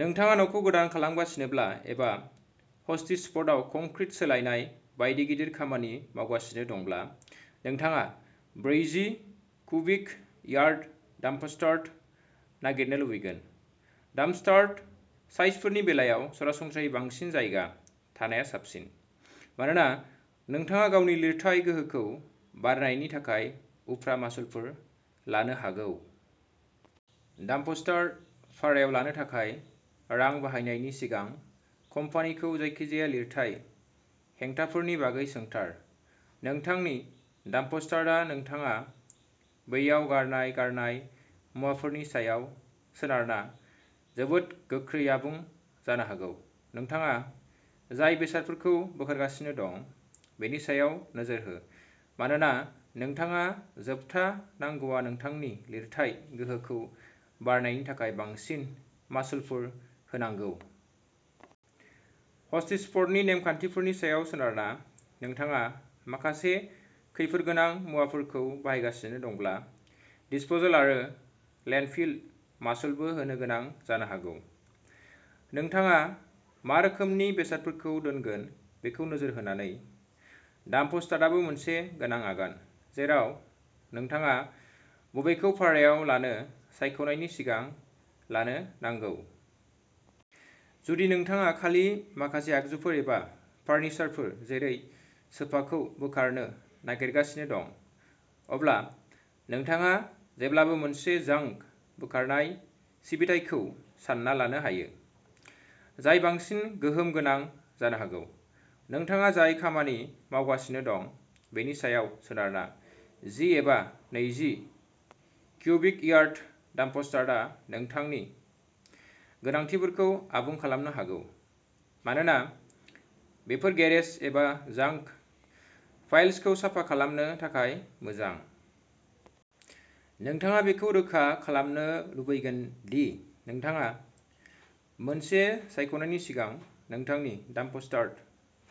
नोंथाङा न'खौ गोदान खालामगासिनोब्ला एबा हस्टिसफ'र्डआव कंक्रिट सोलायनाय बायदि गिदिर खामानि मावगासिनो दंब्ला, नोंथाङा ब्रैजि कुबिक यार डाम्पस्टार नागिरनो लुबैगोन। डाम्पस्टार साइजफोरनि बेलायाव सरासनस्रायै बांसिन जायगा थानाया साबसिन, मानोना नोंथाङा गावनि लिरथाइ गोहोखौ बारायनायनि थाखाय उफ्रा मासुलफोर लानो हागौ। डाम्पस्टार भारायाव लानो थाखाय रां बाहायनायनि सिगां, कम्पानिखौ जायखिजाया लिरथाइ हेंथाफोरनि बागै सोंथार। नोंथांनि डाम्पस्टारआ नोंथाङा बैयाव गारनाय गारनाय मुवाफोरनि सायाव सोनारना जोबोद गोख्रै आबुं जानो हागौ। नोंथाङा जाय बेसादफोरखौ बोखारगासिनो दं, बेनि सायाव नोजोर हो, मानोना नोंथाङा जोबथा नांगौआ नोंथांनि लिरथाइ गोहोखौ बारायनायनि थाखाय बांसिन मासुलफोर होनांगौ। हस्टिसफ'र्डनि नेमखान्थिफोरनि सायाव सोनारना, नोंथाङा माखासे खैफोद गोनां मुवाफोरखौ बाहायगासिनो दंब्ला दिसप'सल आरो लेन्डफिल मासुलबो होनो गोनां जानो हागौ। नोंथाङा मा रोखोमनि बेसादफोरखौ दोनगोन बेखौ नोजोर होनानै। डाम्पस्टारआबो मोनसे गोनां आगान, जेराव नोंथाङा बबेखौ भारायाव लानो सायख'नायनि सिगां लानो नांगौ। जुदि नोंथाङा खालि माखासे आगजुफोर एबा फार्निचारफोर, जेरै सोफाखौ बोखारनो नागिरगासिनो दं, अब्ला नोंथाङा जेब्लाबो मोनसे जांक बोखारनाय सिबिथाइखौ सानना लानो हायो, जाय बांसिन गोहोम गोनां जानो हागौ। नोंथाङा जाय खामानि मावगासिनो दं, बेनि सायाव सोनारना, जि एबा नैजि क्यूबिक यार्ड डाम्पस्टारआ नोंथांनि गोनांथिफोरखौ आबुं खालामनो हागौ, मानोना बेफोर गेरेज एबा जांक पाइल्सखौ साफा खालामनो थाखाय मोजां। नोंथाङा बेखौ रोखा खालामनो लुबैगोन दि नोंथाङा मोनसे सायख'नायनि सिगां नोंथांनि डाम्पस्टार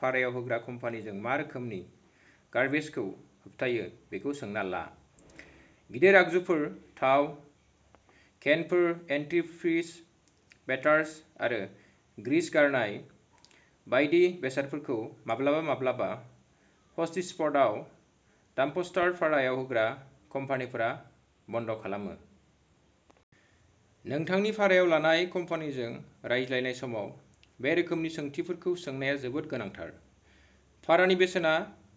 भारायाव होग्रा कम्पानिजों मा रोखोमनि गार्बेजखौ होबथायो बेखौ सोंना ला। गिदिर आगजुफोर, थाव केनफोर, एन्टिफ्रिज बेटार्स आरो ग्रीस गारनाय बायदि बेसादफोरखौ माब्लाबा-माब्लाबा हस्टिसफर्डआव डाम्पस्टार भारायाव होग्रा कम्पानिफोरा बन्द' खालामो। नोंथांनि भारायाव लानाय कम्पानिजों रायज्लायनाय समाव बे रोखोमनि सोंथिफोरखौ सोंनाया जोबोद गोनांथार। भारानि बेसेना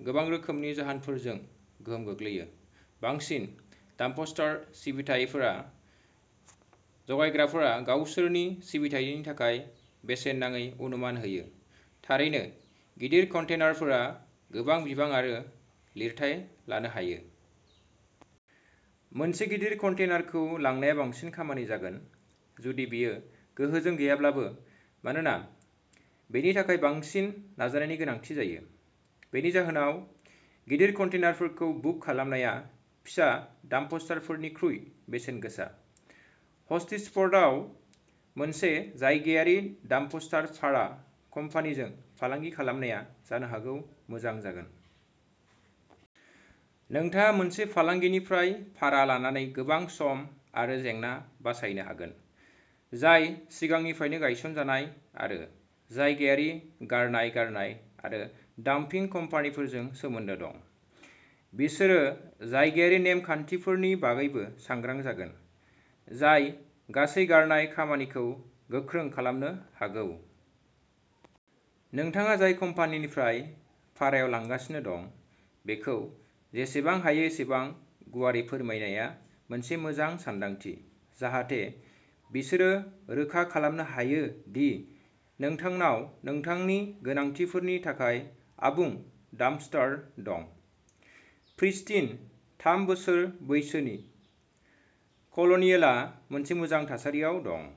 गोबां रोखोमनि जाहोनफोरजों गोहोम गोग्लैयो। बांसिन डाम्पस्टार सिबिथाइफोरा जगायग्राफोरा गावसोरनि सिबिथायनि थाखाय बेसेन नाङै अनुमान होयो। थारैनो, गिदिर कन्टेनारफोरा गोबां बिबां आरो लिरथाइ लांनो हायो। मोनसे गिदिर कन्टेनारखौ लांनाया बांसिन खामानि जागोन, जुदि बेयो गोहोजों गैयाब्लाबो, मानोना बेनि थाखाय बांसिन नाजानायनि गोनांथि जायो। बेनि जाहोनाव, गिदिर कन्टेनारफोरखौ बुक खालामनाया फिसा डाम्पस्टारफोरनिख्रुइ बेसेन गोसा। हस्टिसफर्डआव मोनसे जायगायारि डाम्पस्टार भारा कम्पानिजों फालांगि खालामनाया जानो हागौ मोजां जागोन। नोंथाङा मोनसे फालांगिनिफ्राय भारा लानानै गोबां सम आरो जेंना बासायनो हागोन, जाय सिगांनिफ्रायनो गायसनजानाय, आरो जायगायारि गारनाय गारनाय आरो डाम्पिं कम्पानिफोरजों सोमोन्दो दं। बिसोरो जायगायारि नेम-खान्थिफोरनि बागैबो सांग्रां जागोन, जाय गासै गारनाय खामानिखौ गोख्रों खालामनो हागौ। नोंथाङा जाय कम्पानिनिफ्राय भारायाव लांगासिनो दं, बेखौ जेसेबां हायो एसेबां गुवारै फोरमायनाया मोनसे मोजां सानदांथि, जाहाथे बिसोरो रोखा खालामनो हायो दि नोंथांनाव नोंथांनि गोनांथिफोरनि थाखाय आबुं डाम्पस्टार दं। प्रिस्टिन, थाम बोसोर बैसोनि कल'नियेलआ मोनसे मोजां थासारियाव दं।